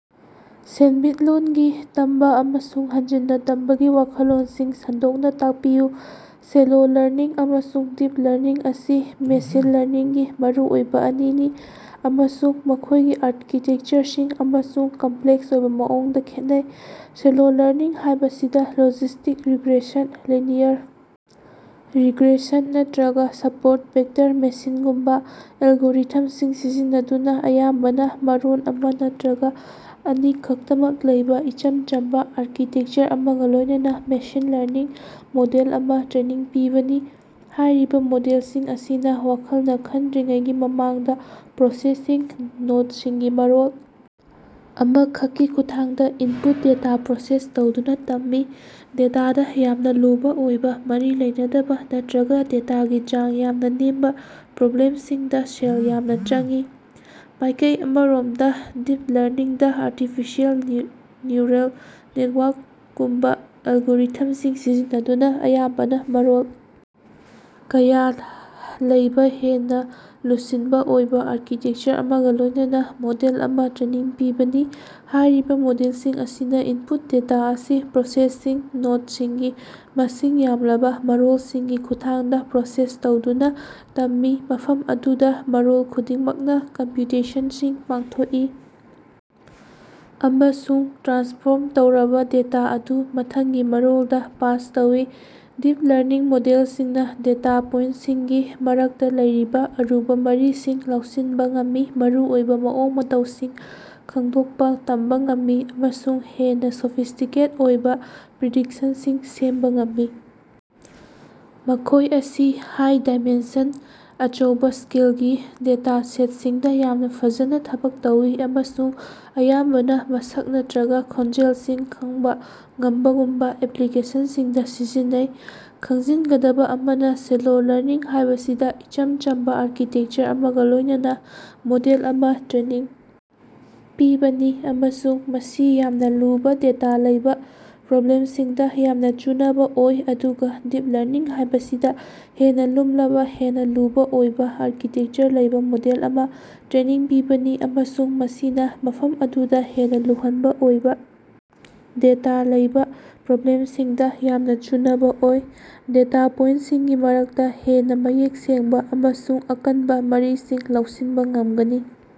ꯁꯦꯜꯃꯤꯠꯂꯣꯟꯒꯤ ꯇꯝꯕ ꯑꯃꯁꯨꯡ ꯍꯟꯖꯤꯟꯅ ꯇꯝꯕꯒꯤ ꯋꯥꯈꯜꯂꯣꯟꯁꯤꯡ ꯁꯟꯗꯣꯛꯅꯥ ꯇꯥꯛꯄꯤꯌꯨ꯫ ꯁꯦꯂꯣ ꯂꯔꯅꯤꯡ ꯑꯃꯁꯨꯡ ꯗꯤꯞ ꯂꯔꯅꯤꯡ ꯑꯁꯤ ꯃꯦꯁꯤꯟ ꯂꯔꯅꯤꯡꯒꯤ ꯃꯔꯨ ꯑꯣꯏꯕ ꯑꯅꯤꯅꯤ ꯑꯃꯁꯨꯡ ꯃꯈꯣꯢꯒꯤ ꯑꯥꯔꯀꯤꯇꯦꯛꯆꯔꯁꯤꯡ ꯑꯃꯁꯨꯡ ꯀꯝꯄ꯭ꯂꯦꯛꯁ ꯑꯣꯏꯕ ꯃꯑꯣꯡꯗ ꯈꯦꯠꯅꯩ꯫ ꯁꯦꯂꯣ ꯂꯔꯅꯤꯡ ꯍꯥꯢꯕꯁꯤꯗ ꯂꯣꯖꯤꯁꯇꯤꯛ ꯔꯤꯒ꯭ꯔꯦꯁꯟ, ꯂꯤꯅꯤꯌꯔ ꯔꯤꯒ꯭ꯔꯦꯁꯟ ꯅꯠꯇ꯭ꯔꯒ ꯁꯞꯄꯣꯔꯠ ꯚꯦꯛꯇꯔ ꯃꯦꯁꯤꯟꯒꯨꯝꯕ ꯑꯦꯂꯒꯣꯔꯤꯊꯝꯁꯤꯡ ꯁꯤꯖꯤꯟꯅꯗꯨꯅ ꯑꯌꯥꯝꯕꯅ ꯃꯔꯣꯟ ꯑꯃ ꯅꯠꯇ꯭ꯔꯒ ꯑꯅꯤꯈꯛꯇꯃꯛ ꯂꯩꯕꯥ ꯏꯆꯝ ꯆꯝꯕ ꯑꯥꯔꯀꯤꯇꯦꯛꯆꯔ ꯑꯃꯒ ꯂꯣꯢꯅꯅ ꯃꯦꯁꯤꯟ ꯂꯔꯅꯤꯡ ꯃꯣꯗꯦꯜ ꯑꯃꯥ ꯇ꯭ꯔꯦꯅꯤꯡ ꯄꯤꯕꯅꯤ꯫ ꯍꯥꯢꯔꯤꯕ ꯃꯣꯗꯦꯜꯁꯤꯡ ꯑꯁꯤꯅ ꯋꯥꯈꯜꯅ ꯈꯟꯗ꯭ꯔꯤꯉꯩꯒꯤ ꯃꯃꯥꯡꯗ ꯄ꯭ꯔꯣꯁꯦꯁꯁꯤꯡ ꯅꯣꯗꯁꯤꯡꯒꯤ ꯃꯔꯣꯜ ꯑꯃꯈꯛꯀꯤ ꯈꯨꯠꯊꯥꯡꯗ ꯏꯟꯄꯨꯠ ꯗꯦꯇꯥ ꯄ꯭ꯔꯣꯁꯦꯁ ꯇꯧꯗꯨꯅꯥ ꯇꯝꯃꯤ꯫ ꯗꯦꯇꯥꯗ ꯌꯥꯝꯅ ꯂꯨꯕꯥ ꯑꯣꯏꯕ ꯃꯔꯤ ꯂꯩꯅꯗꯕꯥ ꯅꯠꯇ꯭ꯔꯒ ꯗꯦꯇꯥꯒꯤ ꯆꯥꯡ ꯌꯥꯝꯅ ꯅꯦꯝꯕ ꯄ꯭ꯔꯣꯕ꯭ꯂꯦꯝꯁꯤꯡꯗ ꯁꯦꯜ ꯌꯥꯝꯅ ꯆꯪꯏ꯫ ꯃꯥꯢꯀꯩ ꯑꯃꯔꯣꯝꯗ ꯗꯤꯞ ꯂꯔꯅꯤꯡꯗ ꯑꯥꯔꯇꯤꯐꯤꯁꯤꯑꯦꯜ ꯅ꯭ꯌꯨꯔꯜ ꯅꯦꯇꯋꯥꯔꯛꯀꯨꯝꯕꯥ ꯑꯦꯂꯒꯣꯔꯤꯊꯝꯁꯤꯡ ꯁꯤꯖꯤꯟꯅꯗꯨꯅ ꯑꯌꯥꯝꯕꯅ ꯃꯔꯣꯜ ꯀꯌꯥ ꯂꯩꯕ ꯍꯦꯟꯅꯥ ꯂꯨꯁꯟꯕ ꯑꯣꯏꯕ ꯑꯥꯔꯀꯤꯇꯦꯛꯆꯔ ꯑꯃꯒ ꯂꯣꯢꯅꯅꯥ ꯃꯣꯗꯦꯜ ꯑꯃ ꯇ꯭ꯔꯦꯅꯤꯡ ꯄꯤꯕꯅꯤ꯫ ꯍꯥꯢꯔꯤꯕ ꯃꯣꯗꯦꯜꯁꯤꯡ ꯑꯁꯤꯅ ꯏꯟꯄꯨꯠ ꯗꯦꯇꯥ ꯑꯁꯤ ꯄ꯭ꯔꯣꯁꯦꯁꯁꯤꯡ ꯅꯣꯗꯁꯤꯡꯒꯤ ꯃꯁꯤꯡ ꯌꯥꯝꯂꯕ ꯃꯔꯣꯜꯁꯤꯡꯒꯤ ꯈꯨꯠꯊꯥꯡꯗ ꯄ꯭ꯔꯣꯁꯦꯁ ꯇꯧꯗꯨꯅꯥ ꯇꯝꯃꯤ ꯃꯐꯝ ꯑꯗꯨꯗ ꯃꯔꯣꯜ ꯈꯨꯗꯤꯡꯃꯛꯅ ꯀꯝꯄ꯭ꯌꯨꯇꯦꯁꯟꯁꯤꯡ ꯄꯥꯡꯊꯣꯛꯏ ꯑꯃꯁꯨꯡ ꯇ꯭ꯔꯥꯟꯁꯐꯣꯔꯝ ꯇꯧꯔꯕꯥ ꯗꯦꯇꯥ ꯑꯗꯨ ꯃꯊꯪꯒꯤ ꯃꯔꯣꯜꯗ ꯄꯥꯁ ꯇꯧꯏ꯫ ꯗꯤꯞ ꯂꯔꯅꯤꯡ ꯃꯣꯗꯦꯜꯁꯤꯡꯅ ꯗꯦꯇꯥ ꯄꯣꯏꯟꯇꯁꯤꯡꯒꯤ ꯃꯔꯛꯇ ꯂꯩꯔꯤꯕ ꯑꯔꯨꯕ ꯃꯔꯤꯁꯤꯡ ꯂꯧꯁꯤꯟꯕ ꯉꯝꯃꯤ ꯃꯔꯨꯑꯣꯏꯕ ꯃꯑꯣꯡ ꯃꯇꯧꯁꯤꯡ ꯈꯡꯗꯣꯛꯄ ꯇꯝꯕꯥ ꯉꯝꯃꯤ ꯑꯃꯁꯨꯡ ꯍꯦꯟꯅ ꯁꯣꯐꯤꯁ꯭ꯇꯤꯀꯦꯠ ꯑꯣꯏꯕ ꯄ꯭ꯔꯤꯗꯤꯛꯁꯟꯁꯤꯡ ꯁꯦꯝꯕ ꯉꯝꯃꯤ꯫ ꯃꯈꯣꯢ ꯑꯁꯤ ꯍꯥꯏ-ꯗꯥꯏꯃꯦꯟꯁꯟ, ꯑꯆꯧꯕꯥ ꯁ꯭ꯀꯦꯜꯒꯤ ꯗꯦꯇꯥ ꯁꯦꯠꯁꯤꯡꯗ ꯌꯥꯝꯅ ꯐꯖꯅ ꯊꯕꯛ ꯇꯧꯏ ꯑꯃꯁꯨꯡ ꯑꯌꯥꯝꯕꯅ ꯃꯁꯛ ꯅꯠꯇ꯭ꯔꯒ ꯈꯣꯟꯖꯦꯜꯁꯤꯡ ꯈꯪꯕ ꯉꯝꯕꯒꯨꯝꯕ ꯑꯦꯄ꯭ꯂꯤꯀꯦꯁꯟꯁꯤꯡꯗ ꯁꯤꯖꯤꯟꯅꯩ꯫ ꯈꯪꯖꯤꯟꯒꯗꯕ ꯑꯃꯅ ꯁꯦꯂꯣ ꯂꯔꯅꯤꯡ ꯍꯥꯢꯕꯁꯤꯗ ꯏꯆꯝ ꯆꯝꯕ ꯑꯥꯔꯀꯤꯇꯦꯛꯆꯔ ꯑꯃꯒ ꯂꯣꯢꯅꯅ ꯃꯣꯗꯦꯜ ꯑꯃ ꯇ꯭ꯔꯦꯅꯤꯡ ꯄꯤꯕꯅꯤ ꯑꯃꯁꯨꯡ ꯃꯁꯤ ꯌꯥꯝꯅ ꯂꯨꯕ ꯗꯦꯇꯥ ꯂꯩꯕ ꯄ꯭ꯔꯣꯕ꯭ꯂꯦꯝꯁꯤꯡꯗ ꯌꯥꯝꯅ ꯆꯨꯅꯕ ꯑꯣꯏ ꯑꯗꯨꯒ ꯗꯤꯞ ꯂꯔꯅꯤꯡ ꯍꯥꯢꯕꯁꯤꯗ ꯍꯦꯟꯅ ꯂꯨꯝꯂꯕ ꯍꯦꯟꯅ ꯂꯨꯕ ꯑꯣꯏꯕꯥ ꯑꯥꯔꯀꯤꯇꯦꯛꯆꯔ ꯂꯩꯕꯥ ꯃꯣꯗꯦꯜ ꯑꯃ ꯇ꯭ꯔꯦꯅꯤꯡ ꯄꯤꯕꯅꯤ ꯑꯃꯁꯨꯡ ꯃꯁꯤꯅ ꯃꯐꯝ ꯑꯗꯨꯗ ꯍꯦꯟꯅ ꯂꯨꯍꯟꯕ ꯑꯣꯏꯕ ꯗꯦꯇꯥ ꯂꯩꯕ ꯄ꯭ꯔꯣꯕ꯭ꯂꯦꯝꯁꯤꯡꯗ ꯌꯥꯝꯅ ꯆꯨꯅꯕ ꯑꯣꯏ꯫ ꯗꯦꯇꯥ ꯄꯣꯏꯟꯇꯁꯤꯡꯒꯤ ꯃꯔꯛꯇ ꯍꯦꯟꯅ ꯃꯌꯦꯛ ꯁꯦꯡꯕ ꯑꯃꯁꯨꯡ ꯑꯀꯟꯕ ꯃꯔꯤꯁꯤꯡ ꯂꯧꯁꯤꯟꯕ ꯉꯝꯒꯅꯤ꯫